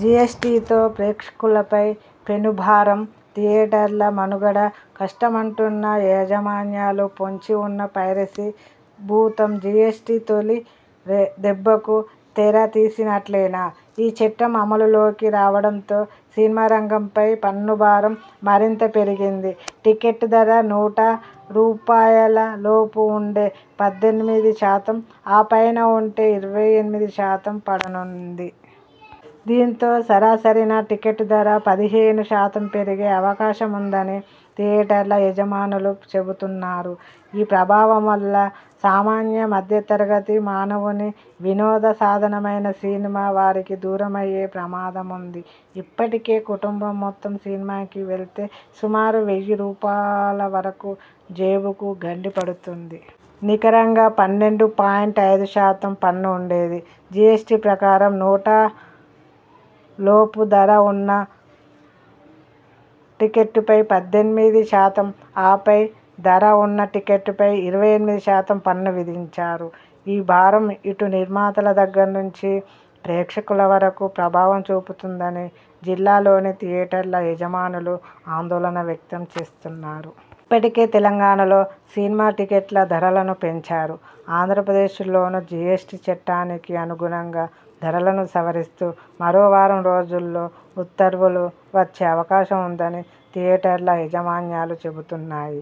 జీఎస్టీతో ప్రేక్షకులపై పెనుభారంథియేటర్ల మనుగడ కష్టమంటున్న యాజమాన్యాలుపొంచి ఉన్న పైరసి భూతంజీఎస్టీ తొలి దెబ్బకు తెర తీసినట్లేనా..! ఈ చట్టం అమలులోకి రావడంతో సినిమా రంగంపై పన్ను భారం మరింత పెరిగింది. టెకెట్టు ధర నూట రూపాయలులోపు ఉంటే పద్దెనిమిది శాతం, ఆపైన ఉంటే ఇరవై ఎనిమిది శాతం పడనుంది. దీంతో సరాసరిన టికెటు ధర పదిహేను శాతం పెరిగే అవకాశముందని థియేటర్ల యజమానులు చెబుతున్నారు. ఈ ప్రభావం వల్ల సామాన్య, మధ్య తరగతి మానవుని వినోద సాధనమైన సినిమా వారికి దూరమయ్యే ప్రమాదముంది. ఇప్పటికే కుటుంబం మొత్తం సినిమాకు వెళ్తే సుమారు వెయ్యి రూపాల వరకు జేబుకు గండిపడుతుంది. నికరంగా పన్నెండు పాయింట్ ఐదు శాతం పన్ను ఉండేది. జీఎస్ టీ ప్రకారం నూట లోపు ధర ఉన్న టికెట్టుపై పద్దెనిమిది శాతం, ఆపై ధర ఉన్న టికెట్టుపై ఇరవై ఎనిమిది శాతం పన్ను విధించారు. ఈ భారం ఇటు నిర్మాతల దగ్గర నుంచి ప్రేక్షకుల వరకు ప్రభావం చూపుతుందని జిల్లాలోని థియేటర్ల యజమానులు ఆందోళన వ్యక్తం చేస్తున్నారు. ఇప్పటికే తెలంగాణలో సినిమా టికెట్ల ధరలను పెంచారు. ఆంధ్రప్రదేశ్లోనూ జీఎస్టీ చట్టానికి అనుగుణంగా ధరలను సవరిస్తూ మరో వారం రోజుల్లో ఉత్తర్వులు వచ్చే అవకాశం ఉందని థియేటర్ల యాజమాన్యాలు చెబుతున్నాయి.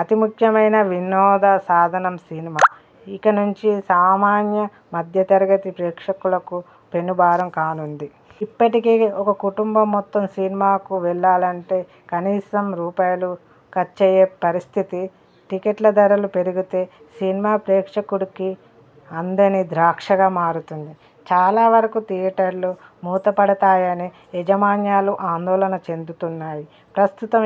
అతి ముఖ్యమైన వినోదసాధనం సినిమా ఇక నుంచి సామాన్య, మధ్యతరగతి ప్రేక్షకులకు పెనుభారం కానుంది. ఇప్పటికే ఒక కుటుంబం మొత్తం సినిమాకు వెళ్లాలంటే కనీసం రూపాయలు. ఖర్చయ్యే పరిస్థితి. టికెట్ల ధరలు పెరిగితే సినిమా ప్రేక్షకుడికి అందని ద్రాక్షగా మారుతుంది. చాలావరకు థియేటర్లు మూతప డతాయని యాజమాన్యాలు ఆందోళన చెందుతున్నాయి. ప్రస్తుతం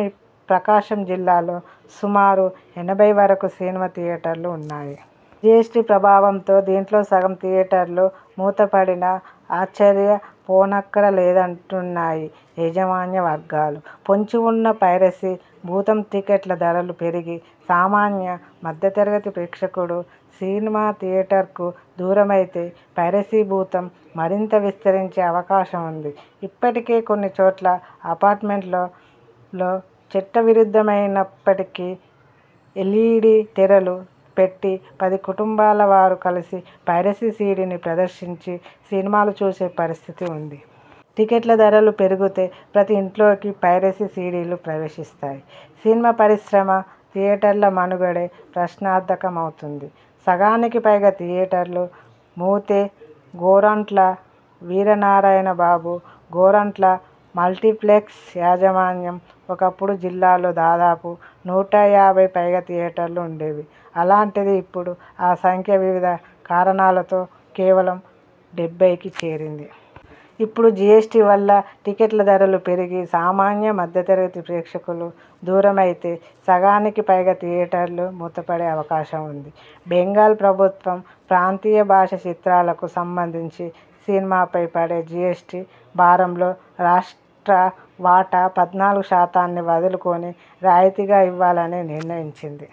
ప్రకాశం జిల్లాలో సుమారు ఎనభై వరకు సినిమా థియేటర్లు ఉన్నాయి. జీఎస్టీ ప్రభావంతో దీంట్లో సగం థియేటర్లు మూతపడినా ఆశ్చర్య పోనక్కరలేదంటు న్నాయి యాజమాన్య వర్గాలు. పొంచి ఉన్న పైరసీ భూతంటికెట్ల ధరలు పెరిగి సామాన్య, మధ్య తరగతి ప్రేక్షకుడు సినిమా థియేటర్కు దూరమైతే పైరసీ భూతం మరింత విస్తరించే అవకాశం ఉంది. ఇప్పటికే కొన్ని చోట్ల అపార్టుమెంట్లలో లో చట్టవిరుద్ధమైన ప్పటికీ ఎల్ఈడీ తెరలు పెట్టి పదికుటుం బాల వారు కలిసి పైరసి సీడీని ప్రదర్శించి సినిమాలు చూసే పరిస్థితి ఉంది. టికెట్ల ధరలు పెరిగితే ప్రతి ఇంట్లోకి పైరసి సీడీలు ప్రవేశిస్తాయి. సినిమా పరిశ్రమ, థియేటర్ల మనుగడే ప్రశ్నార్థకమవుతుంది. సగానికి పైగా థియేటర్లు మూతే గోరంట్ల వీరనారాయణ బాబు, గోరంట్ల మల్టీప్లెక్స్ యాజమాన్యం ఒకపుడు జిల్లాలో దాదా పు నూట యాభై పైగా థియేటర్లు ఉండేవి. అలాంటిది ఇప్పుడు ఆ సంఖ్య వివిధ కారణాలతో కేవలం డెబ్బైకి చేరింది. ఇపుడు జీఎస్టీ వల్ల టికెట్ల ధరలు పెరిగి సామాన్య, మధ్య తరగతి ప్రేక్షకులు దూరమైతే సగానికి పైగా థియేటర్లు మూతపడే అవకాశం ఉంది. బెంగాల్ ప్రభుత్వం ప్రాంతీయ భాషా చిత్రాలకు సంబంధించి సినిమాపై పడే జీఎస్టీ భారంలో రాష్ట్ర వాటా పద్నాలుగు శాతాన్ని వదులు కుని రాయితీగా ఇవ్వాలని నిర్ణయిం చింది.